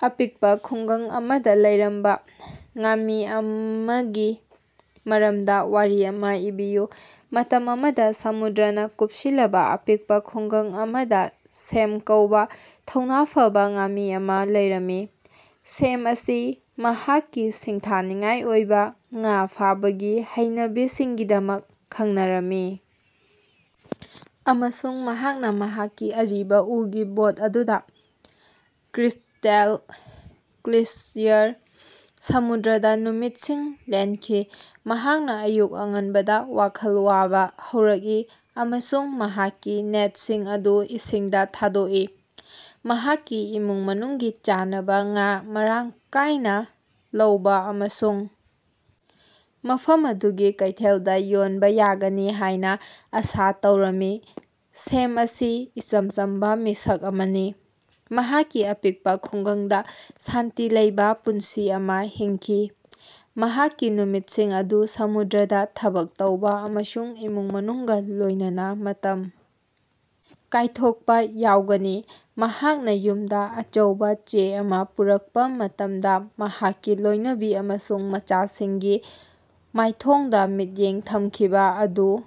ꯑꯄꯤꯛꯄꯥ ꯈꯨꯡꯒꯪ ꯑꯃꯗꯥ ꯂꯩꯔꯝꯕꯥ ꯉꯥꯃꯤ ꯑꯃꯒꯤ ꯃꯔꯝꯗꯥ ꯋꯥꯔꯤ ꯑꯃꯥ ꯏꯕꯤꯌꯨ꯫ ꯃꯇꯝ ꯑꯃꯗꯥ ꯁꯃꯨꯗ꯭ꯔꯅꯥ ꯀꯨꯄꯁꯤꯜꯂꯕꯥ ꯑꯄꯤꯛꯄꯥ ꯈꯨꯡꯒꯪ ꯑꯃꯗꯥ ꯁꯦꯝ ꯀꯧꯕꯥ ꯊꯧꯅꯥ ꯐꯕꯥ ꯉꯥꯃꯤ ꯑꯃꯥ ꯂꯩꯔꯝꯃꯤ꯫ ꯁꯦꯝ ꯑꯁꯤ ꯃꯍꯥꯛꯀꯤ ꯁꯤꯡꯊꯥꯅꯤꯡꯉꯥꯏ ꯑꯣꯏꯕꯥ ꯉꯥ ꯐꯥꯕꯒꯤ ꯍꯩꯅꯕꯤꯁꯤꯡꯒꯤꯗꯃꯛ ꯈꯪꯅꯔꯝꯃꯤ ꯑꯃꯁꯨꯡ ꯃꯍꯥꯛꯅꯥ ꯃꯍꯥꯛꯀꯤ ꯑꯔꯤꯕꯥ ꯎꯒꯤ ꯕꯣꯠ ꯑꯗꯨꯗꯥ ꯀ꯭ꯔꯤꯁ꯭ꯇꯦꯜ ꯀ꯭ꯂꯤꯌꯔ ꯁꯃꯨꯗ꯭ꯔꯗꯥ ꯅꯨꯃꯤꯠꯁꯤꯡ ꯂꯦꯟꯈꯤ꯫ ꯃꯍꯥꯛꯅꯥ ꯑꯌꯨꯛ ꯑꯉꯟꯕꯗꯥ ꯋꯥꯈꯜ ꯋꯥꯕꯥ ꯍꯧꯔꯛꯏ ꯫ꯑꯃꯁꯨꯡ ꯃꯍꯥꯛꯀꯤ ꯅꯦꯠꯁꯤꯡ ꯑꯗꯨ ꯏꯁꯤꯡꯗꯥ ꯊꯥꯗꯣꯛꯏ꯫ ꯃꯍꯥꯛꯀꯤ ꯏꯃꯨꯡ ꯃꯅꯨꯡꯒꯤ ꯆꯥꯅꯕꯥ ꯉꯥ ꯃꯔꯥꯡ ꯀꯥꯌꯅꯥ ꯂꯧꯕꯥ ꯑꯃꯁꯨꯡ ꯃꯐꯝ ꯑꯗꯨꯒꯤ ꯀꯩꯊꯦꯜꯗꯥ ꯌꯣꯟꯕ ꯌꯥꯒꯅꯤ ꯍꯥꯏꯅꯥ ꯑꯥꯁꯥ ꯇꯧꯔꯝꯃꯤ꯫ ꯁꯦꯝ ꯑꯁꯤ ꯏꯆꯝ ꯆꯝꯕꯥ ꯃꯤꯁꯛ ꯑꯃꯅꯤ꯫ ꯃꯍꯥꯛꯀꯤ ꯑꯄꯤꯛꯄꯥ ꯈꯨꯡꯒꯪꯗꯥ ꯁꯥꯟꯇꯤ ꯂꯩꯕꯥ ꯄꯨꯟꯁꯤ ꯑꯃꯥ ꯍꯤꯡꯈꯤ꯫ ꯃꯍꯥꯛꯀꯤ ꯅꯨꯃꯤꯠꯁꯤꯡ ꯑꯗꯨ ꯁꯃꯨꯗ꯭ꯔꯗꯥ ꯊꯕꯛ ꯇꯧꯕꯥ ꯑꯃꯁꯨꯡ ꯏꯃꯨꯡ ꯃꯅꯨꯡꯒꯥ ꯂꯣꯏꯅꯅꯥ ꯃꯇꯝ ꯀꯥꯏꯊꯣꯛꯄꯥ ꯌꯥꯎꯒꯅꯤ꯫ ꯃꯍꯥꯛꯅꯥ ꯌꯨꯝꯗꯥ ꯑꯆꯧꯕꯥ ꯆꯦ ꯑꯃꯥ ꯄꯨꯔꯛꯄꯥ ꯃꯇꯝꯗꯥ ꯃꯍꯥꯛꯀꯤ ꯂꯣꯏꯅꯕꯤ ꯑꯃꯁꯨꯡ ꯃꯆꯥꯁꯤꯡꯒꯤ ꯃꯥꯏꯊꯣꯡꯗꯥ ꯃꯤꯠꯌꯦꯡ ꯊꯝꯈꯤꯕꯥ ꯑꯗꯨ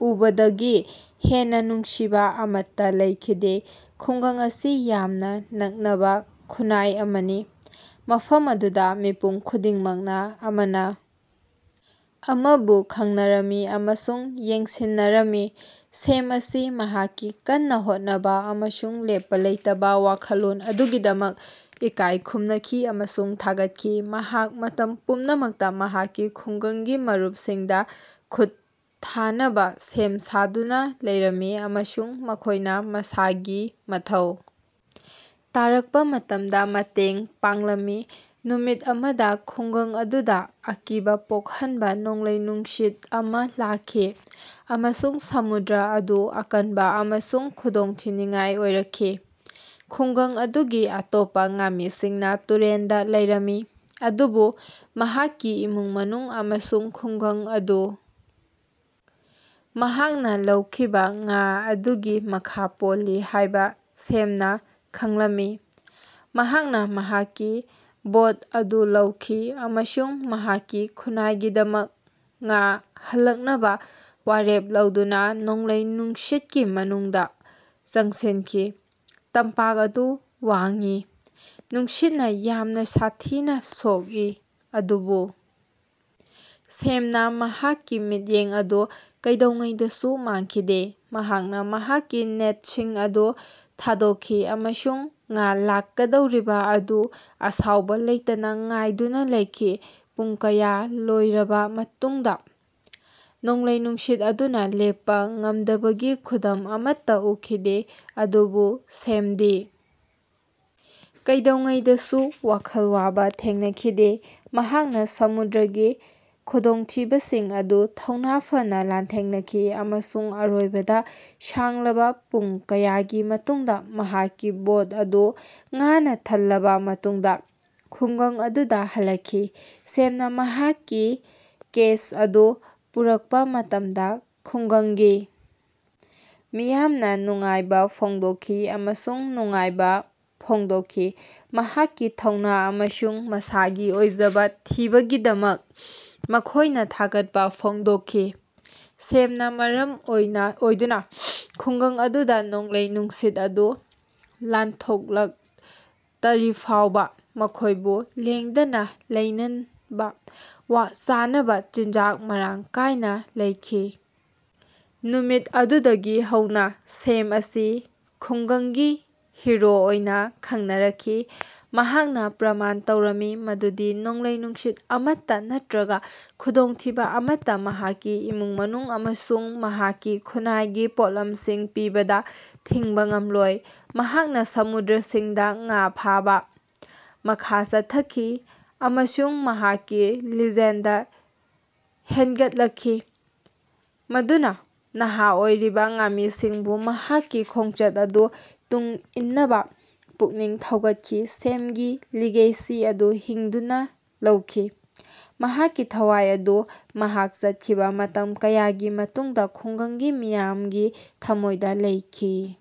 ꯎꯕꯗꯒꯤ ꯍꯦꯟꯅꯥ ꯅꯨꯡꯁꯤꯕꯥ ꯑꯃꯠꯇꯥ ꯂꯩꯈꯤꯗꯦ꯫ ꯈꯨꯡꯒꯪ ꯑꯁꯤ ꯌꯥꯝꯅꯥ ꯅꯛꯅꯕꯥ ꯈꯨꯟꯅꯥꯏ ꯑꯃꯅꯤ꯫ ꯃꯐꯝ ꯑꯗꯨꯗꯥ ꯃꯤꯄꯨꯝ ꯈꯨꯗꯤꯡꯃꯛꯅꯥ ꯑꯃꯅꯥ ꯑꯃꯕꯨ ꯈꯪꯅꯔꯝꯃꯤ ꯑꯃꯁꯨꯡ ꯌꯦꯡꯁꯤꯟꯅꯔꯝꯃꯤ꯫ ꯁꯦꯝ ꯑꯁꯤ ꯃꯍꯥꯛꯀꯤ ꯀꯟꯅꯥ ꯍꯣꯠꯅꯕꯥ ꯑꯃꯁꯨꯡ ꯂꯦꯞꯄꯥ ꯂꯩꯇꯕꯥ ꯋꯥꯈꯜꯂꯣꯟ ꯑꯗꯨꯒꯤꯗꯃꯛ ꯏꯀꯥꯢ ꯈꯨꯝꯅꯈꯤ ꯑꯃꯁꯨꯡ ꯊꯥꯒꯠꯈꯤ꯫ ꯃꯍꯥꯛ ꯃꯇꯝ ꯄꯨꯝꯅꯃꯛꯇꯥ ꯃꯍꯥꯛꯀꯤ ꯈꯨꯡꯒꯪꯒꯤ ꯃꯔꯨꯄꯁꯤꯡꯗꯥ ꯈꯨꯠ ꯊꯥꯅꯕꯥ ꯁꯦꯝ ꯁꯥꯗꯨꯅꯥ ꯂꯩꯔꯝꯃꯤ꯫ ꯑꯃꯁꯨꯡ ꯃꯈꯣꯏꯅꯥ ꯃꯁꯥꯒꯤ ꯃꯊꯧ ꯇꯥꯔꯛꯄꯥ ꯃꯇꯝꯗꯥ ꯃꯇꯦꯡ ꯄꯥꯡꯂꯝꯃꯤ꯫ ꯅꯨꯃꯤꯠ ꯑꯃꯗꯥ ꯈꯨꯡꯒꯪ ꯑꯗꯨꯗꯥ ꯑꯀꯤꯕꯥ ꯄꯣꯛꯍꯟꯕꯥ ꯅꯣꯡꯂꯩ-ꯅꯨꯡꯁꯤꯠ ꯑꯃꯥ ꯂꯥꯛꯈꯤ꯫ ꯑꯃꯁꯨꯡ ꯁꯃꯨꯗ꯭ꯔ ꯑꯗꯨ ꯑꯀꯟꯕꯥ ꯑꯃꯁꯨꯡ ꯈꯨꯗꯣꯡꯊꯤꯅꯤꯡꯉꯥꯏ ꯑꯣꯏꯔꯛꯈꯤ꯫ ꯈꯨꯡꯒꯪ ꯑꯗꯨꯒꯤ ꯑꯇꯣꯞꯄꯥ ꯉꯥꯃꯤꯁꯤꯡꯅꯥ ꯇꯨꯔꯦꯜꯗꯥ ꯂꯩꯔꯝꯃꯤ ꯑꯗꯨꯕꯨ ꯃꯍꯥꯛꯀꯤ ꯏꯃꯨꯡ ꯃꯅꯨꯡ ꯑꯃꯁꯨꯡ ꯈꯨꯡꯒꯪ ꯑꯗꯨ ꯃꯍꯥꯛꯅꯥ ꯂꯧꯈꯤꯕꯥ ꯉꯥ ꯑꯗꯨꯒꯤ ꯃꯈꯥ ꯄꯣꯜꯂꯤ ꯍꯥꯏꯕꯥ ꯁꯦꯝꯅꯥ ꯈꯪꯂꯝꯃꯤ꯫ ꯃꯍꯥꯛꯅꯥ ꯃꯍꯥꯛꯀꯤ ꯕꯣꯠ ꯑꯗꯨ ꯂꯧꯈꯤ ꯑꯃꯁꯨꯡ ꯃꯍꯥꯛꯀꯤ ꯈꯨꯟꯅꯥꯏꯒꯤꯗꯃꯛ ꯉꯥ ꯍꯜꯂꯛꯅꯕꯥ ꯋꯥꯔꯦꯞ ꯂꯧꯗꯨꯅꯥ ꯅꯣꯡꯂꯩ ꯅꯨꯡꯁꯤꯠꯀꯤ ꯃꯅꯨꯡꯗꯥ ꯆꯪꯁꯤꯟꯈꯤ꯫ ꯇꯝꯄꯥꯛ ꯑꯗꯨ ꯋꯥꯡꯏ, ꯅꯨꯡꯁꯤꯠꯅꯥ ꯌꯥꯝꯅꯥ ꯁꯥꯊꯤꯅꯥ ꯁꯣꯛꯏ ꯑꯗꯨꯕꯨ ꯁꯦꯝꯅꯥ ꯃꯍꯥꯛꯀꯤ ꯃꯤꯠꯌꯦꯡ ꯑꯗꯨ ꯀꯩꯗꯧꯉꯩꯗꯁꯨ ꯃꯥꯡꯈꯤꯗꯦ꯫ ꯃꯍꯥꯛꯅꯥ ꯃꯍꯥꯛꯀꯤ ꯅꯦꯠꯁꯤꯡ ꯑꯗꯨ ꯊꯥꯗꯣꯛꯈꯤ ꯑꯃꯁꯨꯡ ꯉꯥ ꯂꯥꯛꯀꯗꯧꯔꯤꯕꯥ ꯑꯗꯨ ꯑꯁꯥꯎꯕꯥ ꯂꯩꯇꯅꯥ ꯉꯥꯏꯗꯨꯅꯥ ꯂꯩꯈꯤ꯫ ꯄꯨꯡ ꯀꯌꯥ ꯂꯣꯏꯔꯕꯥ ꯃꯇꯨꯡꯗꯥ ꯅꯣꯡꯂꯩ ꯅꯨꯡꯁꯤꯠ ꯑꯗꯨꯅꯥ ꯂꯦꯞꯄꯥ ꯉꯝꯗꯕꯒꯤ ꯈꯨꯗꯝ ꯑꯃꯠꯇꯥ ꯎꯈꯤꯗꯦ ꯑꯗꯨꯕꯨ ꯁꯦꯃꯗꯤ ꯀꯩꯗꯧꯉꯩꯗꯁꯨ ꯋꯥꯈꯜ ꯋꯥꯕꯥ ꯊꯦꯡꯅꯈꯤꯗꯦ꯫ ꯃꯍꯥꯛꯅꯥ ꯁꯃꯨꯗ꯭ꯔꯒꯤ ꯈꯨꯗꯣꯡꯊꯤꯕꯁꯤꯡ ꯑꯗꯨ ꯊꯧꯅꯥ ꯐꯅꯥ ꯂꯥꯟꯊꯦꯡꯅꯈꯤ ꯑꯃꯁꯨꯡ ꯑꯔꯣꯏꯕꯗꯥ ꯁꯥꯡꯂꯕꯥ ꯄꯨꯡ ꯀꯌꯥꯒꯤ ꯃꯇꯨꯡꯗꯥ ꯃꯍꯥꯛꯀꯤ ꯕꯣꯠ ꯑꯗꯨ ꯉꯥꯅꯥ ꯊꯜꯂꯕꯥ ꯃꯇꯨꯡꯗꯥ ꯈꯨꯉ꯭ꯒꯪ ꯑꯗꯨꯗꯥ ꯍꯜꯂꯛꯈꯤ꯫ ꯁꯦꯃꯅꯥ ꯃꯍꯥꯛꯀꯤ ꯀꯦꯆ ꯑꯗꯨ ꯄꯨꯔꯛꯄꯥ ꯃꯇꯝꯗꯥ ꯈꯨꯡꯒꯪꯒꯤ ꯃꯤꯌꯥꯝꯅꯥ ꯅꯨꯡꯉꯥꯏꯕꯥ ꯐꯣꯡꯗꯣꯛꯈꯤ ꯑꯃꯁꯨꯡ ꯅꯨꯡꯉꯥꯏꯕꯥ ꯐꯣꯡꯗꯣꯛꯈꯤ꯫ ꯃꯍꯥꯛꯀꯤ ꯊꯧꯅꯥ ꯑꯃꯁꯨꯡ ꯃꯁꯥꯒꯤ ꯑꯣꯏꯖꯕꯥ ꯊꯤꯕꯒꯤꯗꯃꯛ ꯃꯈꯣꯏꯅꯥ ꯊꯥꯒꯠꯄꯥ ꯐꯣꯡꯗꯣꯛꯈꯤ꯫ ꯁꯦꯃꯅꯥ ꯃꯔꯝ ꯑꯣꯏꯗꯨꯅꯥ ꯈꯨꯡꯒꯪ ꯑꯗꯨꯗꯥ ꯅꯣꯡꯂꯩ ꯅꯨꯡꯁꯤꯠ ꯑꯗꯨ ꯂꯥꯟꯊꯣꯛꯂꯛ ꯇꯔꯤꯐꯥꯎꯕꯥ ꯃꯈꯣꯏꯕꯨ ꯂꯦꯡꯗꯅꯥ ꯂꯩꯅꯕꯥ ꯆꯥꯅꯕꯥ ꯆꯤꯟꯖꯥꯛ ꯃꯔꯥꯡ ꯀꯥꯌꯅꯥ ꯂꯩꯈꯤ꯫ ꯅꯨꯃꯤꯠ ꯑꯗꯨꯗꯒꯤ ꯍꯧꯅꯥ ꯁꯦꯝ ꯑꯁꯤ ꯈꯨꯉ꯭ꯒꯪꯒꯤ ꯍꯤꯔꯣ ꯑꯣꯏꯅꯥ ꯈꯪꯅꯔꯛꯈꯤ꯫ ꯃꯍꯥꯛꯅꯥ ꯄ꯭ꯔꯃꯥꯟ ꯇꯧꯔꯝꯃꯤ ꯃꯗꯨꯗꯤ ꯅꯣꯡꯂꯩ-ꯅꯨꯡꯁꯤꯠ ꯑꯃꯠꯇꯥ ꯅꯠꯇ꯭ꯔꯒꯥ ꯈꯨꯗꯣꯡꯊꯤꯕꯥ ꯑꯃꯠꯇꯥ ꯃꯍꯥꯛꯀꯤ ꯏꯃꯨꯡ-ꯃꯅꯨꯡ ꯑꯃꯁꯨꯡ ꯃꯍꯥꯛꯀꯤ ꯈꯨꯟꯅꯥꯏꯒꯤ ꯄꯣꯠꯂꯝꯁꯤꯡ ꯄꯤꯕꯗꯥ ꯊꯤꯡꯕꯥ ꯉꯝꯂꯣꯏ꯫ ꯃꯍꯥꯛꯅꯥ ꯁꯃꯨꯗ꯭ꯔꯁꯤꯡꯗꯥ ꯉꯥ ꯐꯥꯕꯥ ꯃꯈꯥ ꯆꯠꯊꯈꯤ, ꯑꯃꯁꯨꯡ ꯃꯍꯥꯛꯀꯤ ꯂꯤꯖꯦꯟꯗꯥ ꯍꯦꯅꯒꯠꯂꯛꯈꯤ꯫ ꯃꯗꯨꯅꯥ ꯅꯍꯥ ꯑꯣꯏꯔꯤꯕꯥ ꯉꯥꯃꯤꯁꯤꯡꯕꯨ ꯃꯍꯥꯛꯀꯤ ꯈꯣꯡꯆꯠ ꯑꯗꯨ ꯇꯨꯡ ꯏꯟꯅꯕꯥ ꯄꯨꯛꯅꯤꯡ ꯊꯧꯒꯠꯈꯤ꯫ ꯁꯦꯝꯒꯤ ꯂꯤꯒꯦꯁꯤ ꯑꯗꯨ ꯍꯤꯡꯗꯨꯅꯥ ꯂꯩꯈꯤ꯫, ꯃꯍꯥꯛꯀꯤ ꯊꯋꯥꯏ ꯑꯗꯨ ꯃꯍꯥꯛ ꯆꯠꯈꯤꯕꯥ ꯃꯇꯝ ꯀꯌꯥꯒꯤ ꯃꯇꯨꯡꯗꯥ ꯈꯨꯡꯒꯪꯒꯤ ꯃꯤꯌꯥꯃꯒꯤ ꯊꯝꯃꯣꯏꯗꯥ ꯂꯩꯈꯤ꯫।